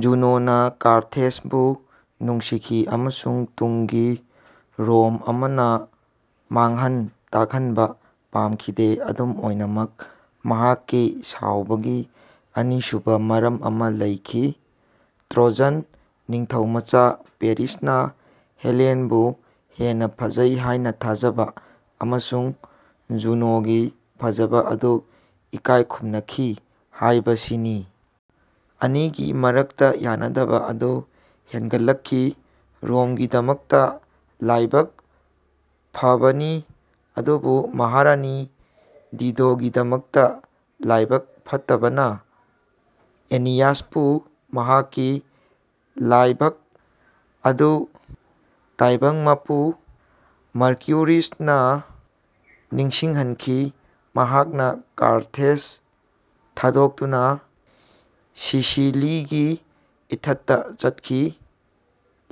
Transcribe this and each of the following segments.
ꯖꯨꯅꯣꯅ ꯀꯥꯔꯊꯦꯖꯕꯨ ꯅꯨꯡꯁꯤꯈꯤ ꯑꯃꯁꯨꯡ ꯇꯨꯡꯒꯤ ꯔꯣꯝ ꯑꯃꯅ ꯃꯥꯡꯍꯟ ꯇꯥꯛꯍꯟꯕ ꯄꯥꯝꯈꯤꯗꯦ꯫ ꯑꯗꯨꯝ ꯑꯣꯏꯅꯃꯛ, ꯃꯍꯥꯛꯀꯤ ꯁꯥꯎꯕꯒꯤ ꯑꯅꯤꯁꯨꯕ ꯃꯔꯝ ꯑꯃ ꯂꯩꯈꯤ: ꯇ꯭ꯔꯣꯖꯟ ꯅꯤꯡꯊꯧꯃꯆꯥ ꯄꯦꯔꯤꯁꯅ ꯍꯦꯂꯦꯟꯕꯨ ꯍꯦꯟꯅ ꯐꯖꯩ ꯍꯥꯏꯅ ꯊꯥꯖꯕ, ꯑꯃꯁꯨꯡ ꯖꯨꯅꯣꯒꯤ ꯐꯖꯕ ꯑꯗꯨ ꯏꯀꯥꯏ ꯈꯨꯝꯅꯈꯤ ꯍꯥꯏꯕꯁꯤꯅꯤ꯫ ꯑꯅꯤꯒꯤ ꯃꯔꯛꯇ ꯌꯥꯅꯗꯕ ꯑꯗꯨ ꯍꯦꯟꯒꯠꯂꯛꯈꯤ꯫ ꯔꯣꯝꯒꯤꯗꯃꯛꯇ ꯂꯥꯏꯕꯛ ꯐꯕꯅꯤ, ꯑꯗꯨꯕꯨ ꯃꯍꯥꯔꯥꯅꯤ ꯗꯤꯗꯣꯒꯤꯗꯃꯛꯇ ꯂꯥꯏꯕꯛ ꯐꯠꯇꯕꯅ, ꯑꯦꯅꯤꯌꯥꯁꯄꯨ ꯃꯍꯥꯛꯀꯤ ꯂꯥꯏꯕꯛ ꯑꯗꯨ ꯇꯥꯏꯕꯪ ꯃꯄꯨ ꯃꯔꯀ꯭ꯌꯨꯔꯤꯅ ꯅꯤꯡꯁꯤꯡꯍꯟꯈꯤ꯫ ꯃꯍꯥꯛꯅ ꯀꯥꯔꯊꯦꯖ ꯊꯥꯗꯣꯛꯇꯨꯅ ꯁꯤꯁꯤꯂꯤꯒꯤ ꯏꯊꯠꯇ ꯆꯠꯈꯤ,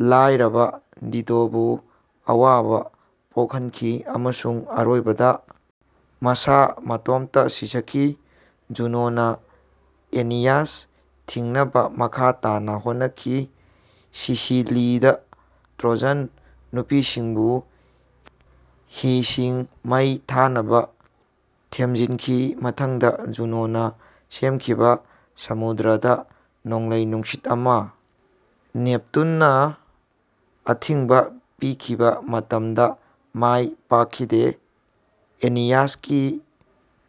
ꯂꯥꯏꯔꯕ ꯗꯤꯗꯣꯕꯨ ꯑꯋꯥꯕ ꯄꯣꯛꯍꯟꯈꯤ ꯑꯃꯁꯨꯡ ꯑꯔꯣꯏꯕꯗ ꯃꯁꯥ ꯃꯇꯣꯝꯇ ꯁꯤꯖꯈꯤ꯫ ꯖꯨꯅꯣꯅ ꯑꯦꯅꯤꯌꯥꯁ ꯊꯤꯡꯅꯕ ꯃꯈꯥ ꯇꯥꯅ ꯍꯣꯠꯅꯈꯤ ꯁꯤꯁꯤꯂꯤꯗ ꯇ꯭ꯔꯣꯖꯟ ꯅꯨꯄꯤꯁꯤꯡꯕꯨ ꯍꯤꯁꯤꯡ ꯃꯩ ꯊꯥꯅꯕ ꯊꯦꯝꯖꯤꯟꯈꯤ꯫ ꯃꯊꯪꯗ, ꯖꯨꯅꯣꯅ ꯁꯦꯝꯈꯤꯕ ꯁꯃꯨꯗ꯭ꯔꯗ ꯅꯣꯡꯂꯩ-ꯅꯨꯡꯁꯤꯠ ꯑꯃ ꯅꯦꯞꯇꯨꯟꯅ ꯑꯊꯤꯡꯕ ꯄꯤꯈꯤꯕ ꯃꯇꯝꯗ ꯃꯥꯏ ꯄꯥꯛꯈꯤꯗꯦ, ꯑꯦꯅꯤꯌꯥꯁꯀꯤ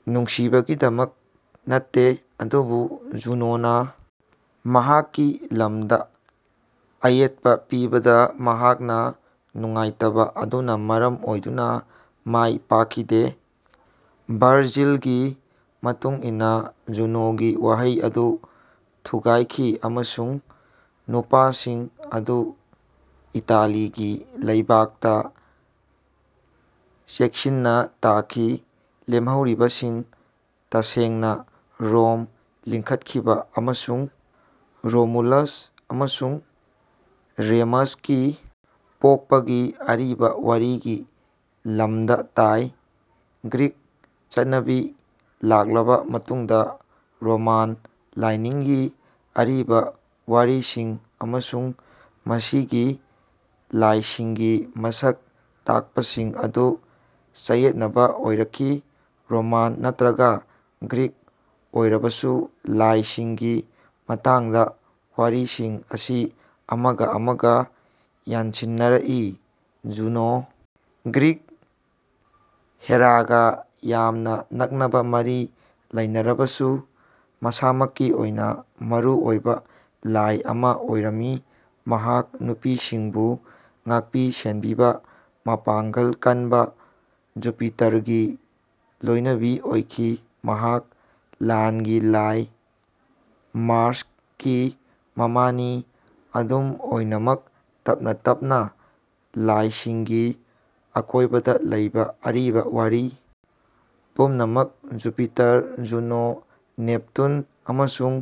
ꯅꯨꯡꯁꯤꯕꯒꯤꯗꯃꯛ ꯅꯠꯇꯦ, ꯑꯗꯨꯕꯨ ꯖꯨꯅꯣꯅ ꯃꯍꯥꯛꯀꯤ ꯂꯝꯗ ꯑꯌꯦꯠꯄ ꯄꯤꯕꯗ ꯃꯍꯥꯛꯅ ꯅꯨꯡꯉꯥꯏꯇꯕ ꯑꯗꯨꯅ ꯃꯔꯝ ꯑꯣꯏꯗꯨꯅ ꯃꯥꯏ ꯄꯥꯛꯈꯤꯗꯦ꯫ ꯚꯔꯖꯤꯜꯒꯤ ꯃꯇꯨꯡ ꯏꯟꯅ, ꯖꯨꯅꯣꯒꯤ ꯋꯥꯍꯩ ꯑꯗꯨ ꯊꯨꯒꯥꯏꯈꯤ ꯑꯃꯁꯨꯡ ꯅꯨꯄꯥꯁꯤꯡ ꯑꯗꯨ ꯏꯇꯥꯂꯤꯒꯤ ꯂꯩꯕꯥꯛꯇ ꯆꯦꯛꯁꯤꯟꯅ ꯇꯥꯈꯤ꯫ ꯂꯦꯝꯍꯧꯔꯤꯕꯁꯤꯡ, ꯇꯁꯦꯡꯅ ꯔꯣꯝ ꯂꯤꯡꯈꯠꯈꯤꯕ ꯑꯃꯁꯨꯡ ꯔꯣꯃꯨꯂꯁ ꯑꯃꯁꯨꯡ ꯔꯦꯃꯁꯀꯤ ꯄꯣꯛꯄꯒꯤ ꯑꯔꯤꯕ ꯋꯥꯔꯤꯒꯤ ꯂꯝꯗ ꯇꯥꯏ꯫ ꯒ꯭ꯔꯤꯛ ꯆꯠꯅꯕꯤ ꯂꯥꯛꯂꯕ ꯃꯇꯨꯡꯗ ꯔꯣꯃꯥꯟ ꯂꯥꯏꯅꯤꯡꯒꯤ ꯑꯔꯤꯕ ꯋꯥꯔꯤꯁꯤꯡ ꯑꯃꯁꯨꯡ ꯃꯁꯤꯒꯤ ꯂꯥꯏꯁꯤꯡꯒꯤ ꯃꯁꯛ ꯇꯥꯛꯄꯁꯤꯡ ꯑꯗꯨ ꯆꯌꯦꯠꯅꯕ ꯑꯣꯏꯔꯛꯈꯤ꯫ ꯔꯣꯃꯥꯟ ꯅꯠꯇ꯭ꯔꯒ ꯒ꯭ꯔꯤꯛ ꯑꯣꯏꯔꯕꯁꯨ ꯂꯥꯏꯁꯤꯡꯒꯤ ꯃꯇꯥꯡꯗ ꯋꯥꯔꯤꯁꯤꯡ ꯑꯁꯤ ꯑꯃꯒ ꯑꯃꯒ ꯌꯥꯟꯁꯤꯟꯅꯔꯛꯏ꯫ ꯖꯨꯅꯣ, ꯒ꯭ꯔꯤꯛ ꯍꯦꯔꯥꯒ ꯌꯥꯝꯅ ꯅꯛꯅꯕ ꯃꯔꯤ ꯂꯩꯅꯔꯕꯁꯨ, ꯃꯁꯥꯃꯛꯀꯤ ꯑꯣꯏꯅ, ꯃꯔꯨꯑꯣꯏꯕ ꯂꯥꯏ ꯑꯃ ꯑꯣꯏꯔꯝꯃꯤ꯫ ꯃꯍꯥꯛ ꯅꯨꯄꯤꯁꯤꯡꯕꯨ ꯉꯥꯛꯄꯤ-ꯁꯦꯟꯕꯤꯕ, ꯃꯄꯥꯡꯒꯜ ꯀꯟꯕ ꯖꯨꯄꯤꯇꯔꯒꯤ ꯂꯣꯏꯅꯕꯤ ꯑꯣꯏꯈꯤ꯫ ꯃꯍꯥꯛ ꯂꯥꯟꯒꯤ ꯂꯥꯏ ꯃꯥꯔꯁꯀꯤ ꯃꯃꯥꯅꯤ꯫ ꯑꯗꯨꯝ ꯑꯣꯏꯅꯃꯛ, ꯇꯞꯅ-ꯇꯞꯅ, ꯂꯥꯏꯁꯤꯡꯒꯤ ꯑꯀꯣꯏꯕꯗ ꯂꯩꯕ ꯑꯔꯤꯕ ꯋꯥꯔꯤ ꯄꯨꯝꯅꯃꯛ ꯖꯨꯄꯤꯇꯔ, ꯖꯨꯅꯣ, ꯅꯦꯞꯇꯨꯟ ꯑꯃꯁꯨꯡ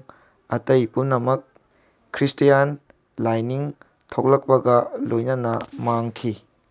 ꯑꯇꯩ ꯄꯨꯝꯅꯃꯛ ꯈ꯭ꯔꯤꯁꯇ꯭ꯌꯥꯟ ꯂꯥꯏꯅꯤꯡ ꯊꯣꯛꯂꯛꯄꯒ ꯂꯣꯏꯅꯅ ꯃꯥꯡꯈꯤ꯫